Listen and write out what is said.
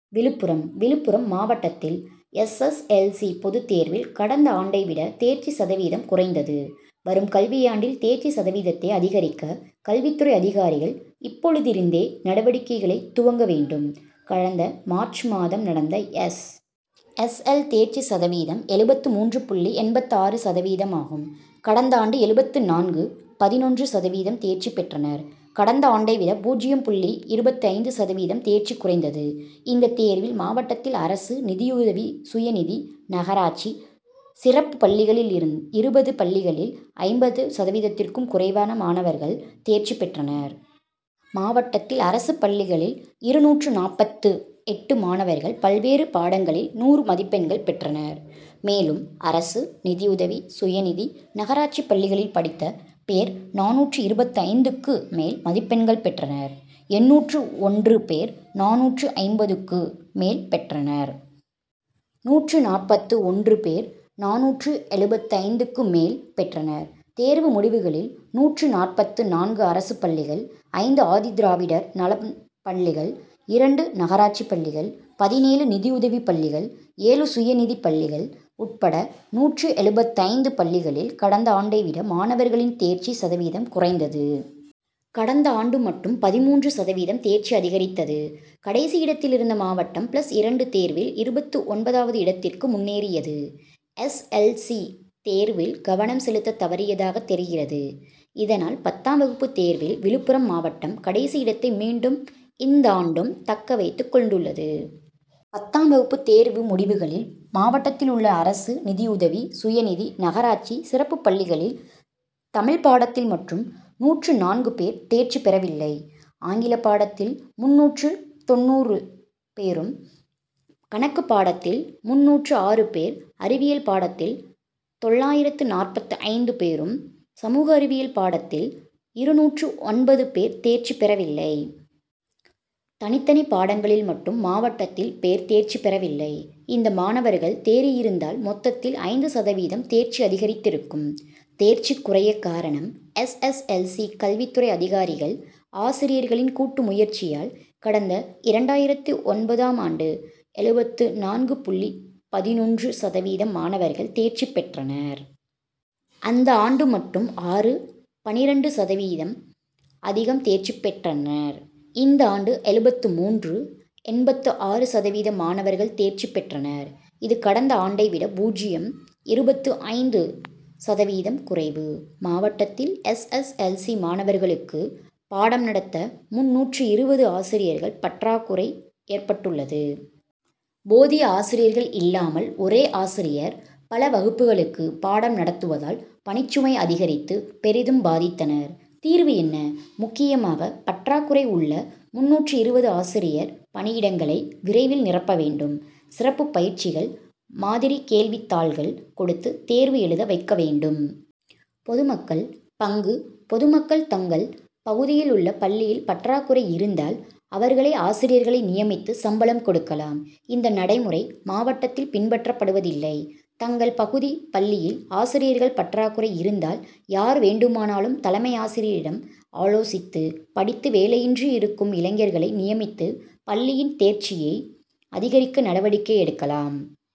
விழுப்புரம் விழுப்புரம் மாவட் டத்தில் S. S. L. C., பொதுத் தேர் வில் கடந்த ஆண்டை விட தேர்ச்சி சதவீதம் குறைந்தது. வரும் கல்வியாண்டில் தேர்ச்சி சதவீதத்தை அதிகரிக்க கல்வித் துறை அதிகாரிகள் இப்போதிருந்தே நடவடிக்கைகளை துவக்க வேண்டும். கடந்த மார்ச் மாதம் நடந்த எஸ். எஸ். எல். தேர்ச்சி சதவீதம் எழுபத்து மூன்று புள்ளி எண்பத்து ஆறு சதவீதம் ஆகும். கடந்த ஆண்டு எழுபத்து நான்கு.பதினொன்று சதவீதம் தேர்ச்சி பெற்றனர். கடந்த ஆண்டை விட பூஜ்ஜியம் புள்ளி இருபத்து ஐந்து சதவீதம் தேர்ச்சி குறைந்தது. இந்த தேர்வில் மாவட்டத்தில் அரசு, நிதியுதவி, சுயநிதி, நகராட்சி, சிறப்பு பள்ளிகளில் இருபது பள்ளிகளில் ஐம்பது சதவீதத்திற்கும் குறைவாக மாணவர்கள் தேர்ச்சி பெற்றனர். மாவட்டத்தில் அரசு பள்ளிகளில் இருநூற்று நாற்பத்து எட்டு மாணவர்கள் பல்வேறு பாடங்களில் நூறு மதிப்பெண்கள் பெற்றனர். மேலும் அரசு, நிதியுதவி, சுயநிதி, நகராட்சி பள்ளிகளில் படித்த பேர் நானூற்று இருபத்தைந்து க்கு மேல் மதிப்பெண்கள் பெற்றனர். எண்ணூற்று ஒன்று பேர் நானூற்று ஐம்பதுக்கு மேல் பெற்றனர். நூற்று நாற்பத்து ஒன்று பேர் நானூற்று எழுபத்து ஐந்து க்கு மேல் பெற்றனர். தேர்வு முடிவுகளில் நூற்று நாற்பத்து நான்கு அரசு பள்ளிகள், ஐந்து ஆதி திராவிடர் நல பள்ளிகள், இரண்டு நகராட்சி பள்ளிகள், பதினேழு நிதியுதவி பள்ளிகள், ஏழு சுய நிதி பள்ளிகள் உட்பட நூற்று எழுபத்தைந்து பள்ளிகளில் கடந்த ஆண்டை விட மாணவர்களின் தேர்ச்சி சதவீதம் குறைந்தது. கடந்த ஆண்டு மட்டும் பதின்மூன்று சதவீதம் தேர்ச்சி அதிகரித்தது. கடைசி இடத்தில் இருந்த மாவட்டம் பிளஸ் இரண்டு தேர் வில் இருபத்து ஒன்பது வது இடத்திற்கு முன்னேறியது. எஸ். எல். சி., தேர் வில் கவனம் செலுத்த தவறியதாக தெரிகிறது. இதனால் பத்தாம் வகுப்பு தேர்வில் விழுப்புரம் மாவட்டம் கடைசி இடத்தை மீண்டும் இந்தாண்டும்தக்க வைத்துக் கொண்டுள்ளது. பத்தாம் வகுப்பு தேர்வு முடிவுகளில் மாவட்டத்தில் உள்ள அரசு, நிதியுதவி, சுயநிதி, நகராட்சி, சிறப்பு பள்ளிகளில் தமிழ் பாடத்தில் மட்டும் நூற்று நான்கு பேர் தேர்ச்சி பெறவில்லை. ஆங்கில பாடத்தில் முந்நூற்று தொண்ணூறு பேரும், கணக்கு பாடத் தில் முன்னூற்று ஆறு பேர், அறிவியல் பாடத்தில் தொள்ளாயிரத்து நாற்பத்து ஐந்து பேரும், சமூக அறிவியல் பாடத் தில் இருநூற்று ஒன்பது பேர் தேர்ச்சி பெறவில்லை. தனித்தனி பாடங்களில் மட்டும் மாவட்டத்தில் பேர் தேர்ச்சி பெறவில்லை. இந்த மாணவர்கள் தேறியிருந்தால் மொத்தத்தில் ஐந்து சதவீதம் தேர்ச்சி அதிகரித்திருக்கும். தேர்ச்சி குறைய காரணம் எஸ். எஸ். எல். சி. கல்வித் துறை அதிகாரிகள், ஆசிரியர்களின் கூட்டு முயற்சியால் கடந்த இரண்டாயிரத்து ஒன்பது ம் ஆண்டு எழுபத்து நான்கு புள்ளி பதினொன்று சதவீதம் மாணவர்கள் தேர்ச்சி பெற்றனர். அந்த ஆண்டு மட்டும் ஆறு.பன்னிரண்டு சதவீதம் அதிகம் தேர்ச்சி பெற்றனர். இந்த ஆண்டு எழுபத்து மூன்று. எண்பத்து ஆறு சதவீத மாணவர்கள் தேர்ச்சி பெற்றனர். இது கடந்த ஆண்டை விட பூஜ்ஜியம். இருபத்து ஐந்து சதவீதம் குறைவு. மாவட்டத்தில் எஸ். எஸ். எல். சி., மாணவர்களுக்கு பாடம் நடத்த முன்னூற்று இருபது ஆசிரியர்கள் பற்றாக் குறை ஏற்பட்டுள்ளது. போதிய ஆசிரியர்கள் இல்லாமல் ஒரே ஆசிரியர் பல வகுப்புகளுக்கு பாடம் நடத்துவ தால் பணிசுமை அதிகரித்து பெரிதும் பாதித்தனர். தீர்வு என்ன? முக்கியமாக பற்றாக் குறைஉள்ள முன்னூற்று இருபது ஆசிரியர் பணியிடங்களை விரைவில் நிரப்ப வேண்டும். சிறப்பு பயிற்சிகள், மாதிரி கேள்வித் தாள்கள் கொடுத்து தேர்வு எழுத வைக்க வேண்டும். பொதுமக்கள் பங்கு பொதுமக்கள் தங்கள் பகுதியில் உள்ள பள்ளியில் பற்றாக் குறை இருந்தால் அவர்களே ஆசிரியர்களை நியமித்து சம்பளம் கொடுக்கலாம். இந்த நடைமுறை மாவட்டத்தில் பின்பற்றப் படுவதில்லை. தங்கள் பகுதி பள்ளியில் ஆசிரியர்கள் பற்றாக்குறை இருந்தால் யார் வேண்டுமானாலும் தலைமை ஆசிரியருடன் ஆலோசித்து படித்து வேலையின்றி இருக்கும் இளைஞர்களை நியமித்து பள்ளியின் தேர்ச்சியை அதிகரிக்க நடவடிக்கை எடுக்கலாம்.